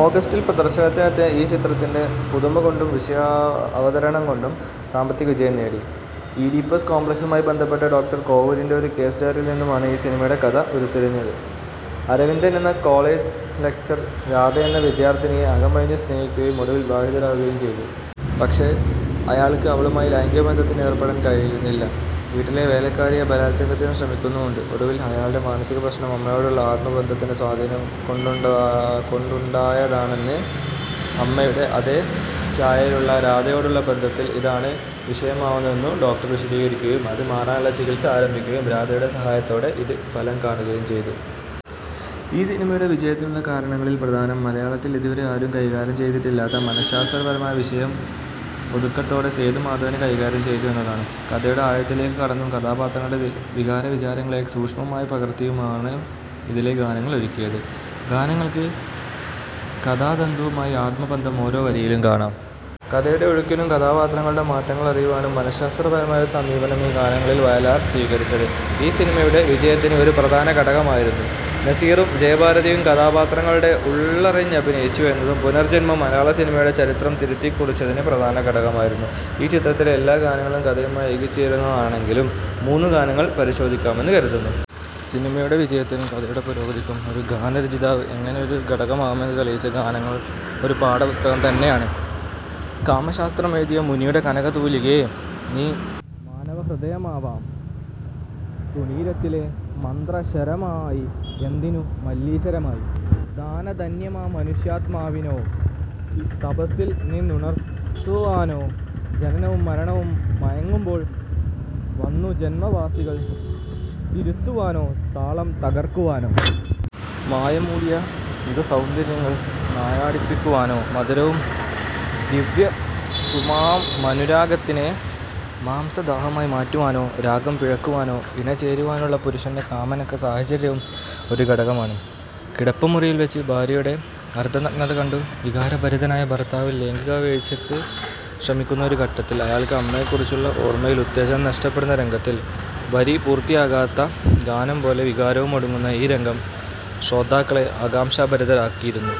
ഓഗസ്റ്റില് പ്രദര്ശനത്തിനെത്തിയ ഈ ചിത്രത്തിന്റെ പുതുമകൊണ്ടും വിഷയാവതരണം കൊണ്ടും സാമ്പത്തിക വിജയം നേടി. ഈഡിപ്പസ് കോംപ്ലക്സുമായി ബന്ധപ്പെട്ട, ഡോ. കോവൂരിന്റെ ഒരു കേസ് ഡയറിയില്നിന്നുമാണ് ഈ സിനിമയുടെ കഥ ഉരുത്തിരിഞ്ഞത്. അരവിന്ദന് എന്ന കോളജ് ലക്ചറര് രാധയെന്ന വിദ്യാര്ത്ഥിനിയെ അകമഴിഞ്ഞു സ്നേഹിക്കുകയും ഒടുവില് വിവാഹിതരാവുകയും ചെയ്തു. പക്ഷേ, അയാള്ക്ക് അവളുമായി ലൈംഗികബന്ധത്തില് ഏര്പ്പെടാന് കഴിയുന്നില്ല. വീട്ടിലെ വേലക്കാരിയെ ബലാല്സംഗത്തിനു ശ്രമിക്കുന്നുമുണ്ട്. ഒടുവില് അയാളുടെ മാനസിക പ്രശ്നം അമ്മയോടുള്ള ആത്മബന്ധത്തിന്റെ സ്വാധീനംകൊണ്ടുണ്ടായതാണെന്നും അമ്മയുടെ അതേ ഛായയിലുള്ള രാധയോടുള്ള ബന്ധത്തില് ഇതാണ് വിഷയമാവുന്നതെന്നു ഡോക്ടര് വിശദീകരിക്കുകയും അത് മാറാനുള്ള ചികിത്സ ആരംഭിക്കുകയും രാധയുടെ സഹായത്തോടെ ഇത് ഫലം കാണുകയും ചെയ്യുന്നു. ഈ സിനിമയുടെ വിജയത്തിനുള്ള കാരണങ്ങളില് പ്രധാനം മലയാളത്തില് ഇതുവരെ ആരും കൈകാര്യം ചെയ്തിട്ടില്ലാത്ത മനഃശാസ്ത്രപരമായ വിഷയം ഒതുക്കത്തോടെ സേതുമാധവന് കൈകാര്യം ചെയ്തു എന്നതാണ്. കഥയുടെ ആഴത്തിലേക്കു കടന്നും കഥാപാത്രങ്ങളുടെ വികാരവിചാരങ്ങളെ സൂക്ഷ്മമായി പകര്ത്തിയുമാണ് ഇതിലെ ഗാനങ്ങള് ഒരുക്കിയത്. ഗാനങ്ങള്ക്ക് കഥാതന്തുവുമായി ആത്മബന്ധം ഓരോ വരിയിലും കാണാം. കഥയുടെ ഒഴുക്കിനും കഥാപാത്രങ്ങളുടെ മാറ്റങ്ങളറിയുവാനും മനഃശാസ്ത്രപരമായ ഒരു സമീപനം ഈ ഗാനങ്ങളില് വയലാര് സ്വീകരിച്ചത് ഈ സിനിമയുടെ വിജയത്തിന് ഒരു പ്രധാനഘടകമായിരുന്നു. നസീറും ജയഭാരതിയും കഥാപാത്രങ്ങളുടെ ഉള്ളറിഞ്ഞഭിനയിച്ചു എന്നതും പുനര്ജ്ജന്മം മലയാളസിനിമയുടെ ചരിത്രം തിരുത്തിക്കുറിച്ചതില് പ്രധാനഘടകമായിരുന്നു. ഈ ചിത്രത്തിലെ എല്ലാ ഗാനങ്ങളും കഥയുമായി ഇഴുകിച്ചേര്ന്നതാണെങ്കിലും മൂന്നു ഗാനങ്ങള് പരിശോധിക്കാമെന്ന് കരുതുന്നു. സിനിമയുടെ വിജയത്തിനും കഥയുടെ പുരോഗതിക്കും ഒരു ഗാനരചയിതാവ് എങ്ങനെയൊരു ഘടകമാവുമെന്ന് തെളിയിച്ച ഗാനങ്ങള് ഒരു പാഠപുസ്തകം തന്നെയാണ്. കാമശാസ്ത്രമെഴുതിയ മുനിയുടെ കനക തൂലികേ നീ മാനവഹൃദയമാം തൂണീരത്തിലെ മന്ത്രശരമായി എന്തിനു മല്ലീശരമായി. ധ്യാനധന്യമാം മനുഷ്യാത്മാവിനെ തപസ്സില് നിന്നുണര്ത്തുവാനോ ജനനവും മരണവും മയങ്ങുമ്പോള് വന്നു ജന്മവാസനകള് തിരുത്തുവാനോ താളം തകര്ക്കുവാനോ. മായമൂടിയ യുഗസൗന്ദര്യങ്ങള് നായാടിപ്പിടിക്കുവാനോ മധുരവും ദിവ്യവുമാമനുരാഗത്തിനെ മാംസദാഹമായ് മാറ്റുവാനോ രാഗം പിഴയ്ക്കുവാനോ ഇണ ചേരുവാനുള്ള പുരുഷന്റെ കാമനയ്ക്ക് സാഹചര്യവും ഒരു ഘടകമാണ്. കിടപ്പുമുറിയില് വച്ച് ഭാര്യയുടെ അര്ദ്ധനഗ്നത കണ്ടു വികാരഭരിതനായ ഭര്ത്താവ് ലൈംഗികവേഴ്ചയ്ക്ക് ശ്രമിക്കുന്ന ഒരു ഘട്ടത്തില് അയാള്ക്ക് അമ്മയെക്കുറിച്ചുള്ള ഓര്മയില് ഉത്തേജനം നഷ്ടപ്പെടുന്ന രംഗത്തില്, വരി പൂര്ത്തിയാകാത്ത ഗാനം പോലെ വികാരവും ഒടുങ്ങുന്ന ഈ രംഗം ശ്രോതാക്കളെ ആംകാംക്ഷാഭരിതരാക്കിയിരുന്നു.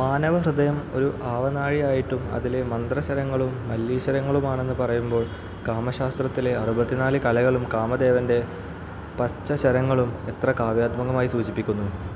മാനവഹൃദയം ഒരു ആവനാഴിയായിട്ടും അതിലെ മന്ത്രശരങ്ങളും മല്ലീശരങ്ങളുമാണെന്ന് പറയുമ്പോള് കാമശാസ്ത്രത്തിലെ അറുപത്തിനാല് കലകളും കാമദേവന്റെ പഞ്ചശരങ്ങളും എത്ര കാവ്യാത്മകമായി സൂചിപ്പിച്ചു